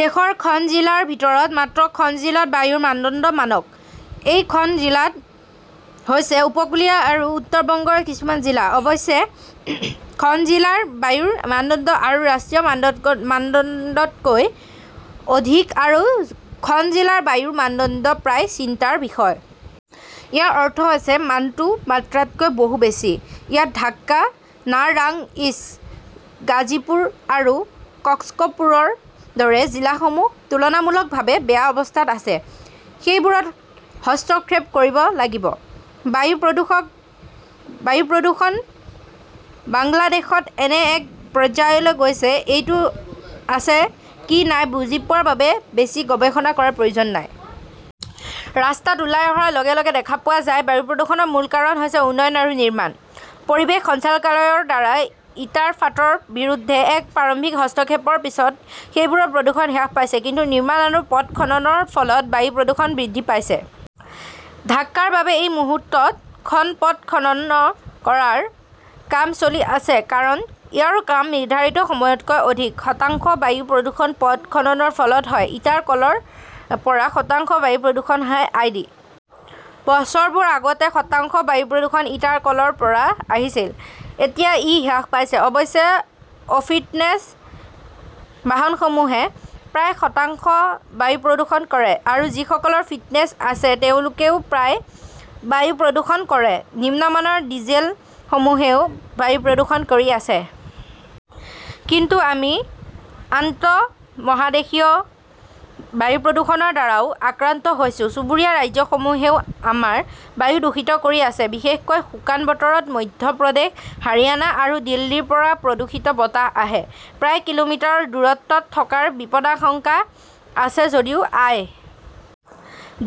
দেশৰ খন জিলাৰ ভিতৰত মাত্ৰ খন জিলাত বায়ুৰ মানদণ্ড মানক। এই খন জিলা হৈছে উপকূলীয় আৰু উত্তৰ বংগৰ কিছুমান জিলা। অৱশ্যে, খন জিলাৰ বায়ুৰ মানদণ্ড আমাৰ ৰাষ্ট্ৰীয় মানদণ্ডতকৈ অধিক আৰু খন জিলাৰ বায়ুৰ মানদণ্ড প্ৰায় চিন্তাৰ বিষয়। ইয়াৰ অৰ্থ হৈছে মানটো মাত্ৰাতকৈ বহু বেছি। ইয়াত ঢাকা, নাৰাংইজ, গাজীপুৰ আৰু কক্সপুৰৰ দৰে জিলাসমূহ তুলনামূলকভাৱে বেয়া অৱস্থাত আছে। সেইবোৰত হস্তক্ষেপ কৰিব লাগিব। বায়ু প্ৰদূষণ বাংলাদেশত এনে এক পৰ্যায়লৈ গৈছে; এইটো আছে, কি নাই-বুজি পোৱাৰ বাবে বেছি গৱেষণা কৰাৰ প্ৰয়োজন নাই। ৰাস্তাত ওলাই অহাৰ লগে লগে দেখা পোৱা যায়। বায়ু প্ৰদূষণৰ মূল কাৰণ হৈছে উন্নয়ন আৰু নিৰ্মাণ। পৰিৱেশ সঞ্চালকালয়ৰ দ্বাৰা ইটাৰ ফাঁটৰ বিৰুদ্ধে এক প্ৰাৰম্ভিক হস্তক্ষেপৰ পিছত সেইবোৰৰ প্ৰদূষণ হ্ৰাস পাইছে। কিন্তু নিৰ্মাণ আৰু পথ খননৰ ফলত বায়ু প্ৰদূষণ বৃদ্ধি পাইছে। ঢাকাৰ বাবে এই মুহূৰ্তত খন পথ খনন কৰাৰ কাম চলি আছে কাৰণ ইয়াৰ কাম নিৰ্ধাৰিত সময়তকৈ অধিক। শতাংশ বায়ু প্ৰদূষণ পথ খননৰ ফলত হয়। ইটাৰ কলৰ পৰা শতাংশ বায়ু প্ৰদূষণ হয়। আই. ডি. বছৰবোৰ আগতে শতাংশ বায়ু প্ৰদূষণ ইটাৰ কলৰ পৰা আহিছিল। এতিয়া ই হ্ৰাস পাইছে। অৱশ্যে, অফিটনেছ বাহনসমূহে প্ৰায় শতাংশ বায়ু প্ৰদূষণ কৰে আৰু যিসকলৰ ফিটনেছ আছে তেওঁলোকেও প্ৰায় বায়ু প্ৰদূষণ কৰে। নিম্নমানৰ ডিজেলসমূহেও বায়ু প্ৰদূষণ কৰি আছে। কিন্তু আমি আন্তঃমহাদেশীয় বায়ু প্ৰদূষণৰ দ্বাৰাও আক্ৰান্ত হৈছো। চুবুৰীয়া ৰাজ্যসমূহেও আমাৰ বায়ু দূষিত কৰি আছে। বিশেষকৈ শুকান বতৰত মধ্য প্ৰদেশ, হাৰিয়ানা আৰু দিল্লীৰ পৰা প্ৰদূষিত বতাহ আহে। প্ৰায় কিলোমিটাৰ দূৰত্বত থকাৰ বিপদাশংকা আছে যদিও আই.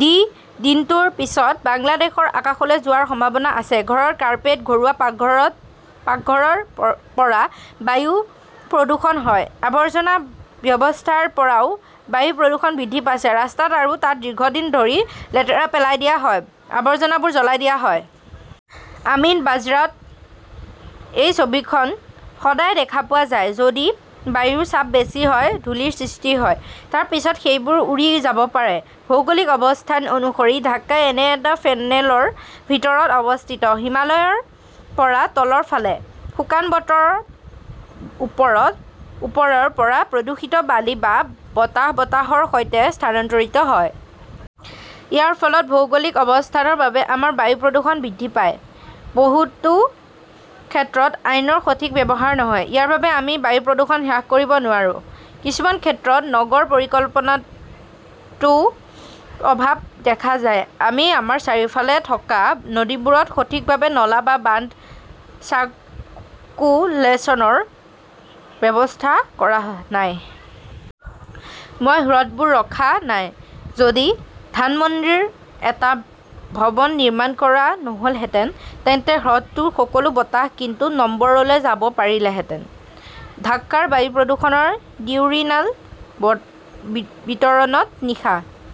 ডি. দিনটোৰ পিছত বাংলাদেশৰ আকাশলৈ যোৱাৰ সম্ভাৱনা আছে। ঘৰৰ কাৰ্পেট, ঘৰুৱা পাকঘৰৰ পৰা বায়ু প্ৰদূষণ হয়। আৱৰ্জনা ব্যৱস্থাৰ পৰাও বায়ু প্ৰদূষণ বৃদ্ধি পাইছে। ৰাস্তাত আৰু তাত দীৰ্ঘদিন ধৰি লেতেৰা পেলাই দিয়া হয়। আৱৰ্জনাবোৰ জ্বলাই দিয়া হয়। আমিনবাঝাৰত এই ছবিখন সদায় দেখা পোৱা যায়। যদি বায়ুৰ চাপ বেছি হয়, ধূলিৰ সৃষ্টি হয়। তাৰ পিছত সেইবোৰ উৰি যাব পাৰে। ভৌগোলিক অৱস্থান অনুসৰি, ঢাকা এনে এটা ফেনেলৰ ভিতৰত অৱস্থিত; হিমালয়ৰ পৰা তলৰ ফালে, শুকান বতৰত ওপৰৰ পৰা প্ৰদূষিত বালি বা বতাহ বতাহৰ সৈতে স্থানান্তৰিত হয়। ইয়াৰ ফলত ভৌগোলিক অৱস্থানৰ বাবে আমাৰ বায়ু প্ৰদূষণ বৃদ্ধি পায়। বহুতো ক্ষেত্ৰত আইনৰ সঠিক ব্যৱহাৰ নহয়। ইয়াৰ বাবে আমি বায়ু প্ৰদূষণ হ্ৰাস কৰিব নোৱাৰো। কিছুমান ক্ষেত্ৰত নগৰ পৰিকল্পনাতও অভাৱ দেখা যায়। আমি আমাৰ চাৰিওফালে থকা নদীবোৰত সঠিকভাৱে নলা বা বান্ধ চাৰ্কুলেশনৰ ব্যৱস্থা কৰা নাই। মই হ্ৰদবোৰ ৰখা নাই। যদি ধানমন্ডি ৰ এটা ভৱন নিৰ্মাণ কৰা নহলহেঁতেন, তেন্তে হ্ৰদটোৰ সকলো বতাহ কিন্তু নম্বৰলৈ যাব পাৰিলেহেঁতেন। ঢাকাৰ বায়ু প্ৰদূষণৰ ডিউৰিনাল বিতৰণত নিশা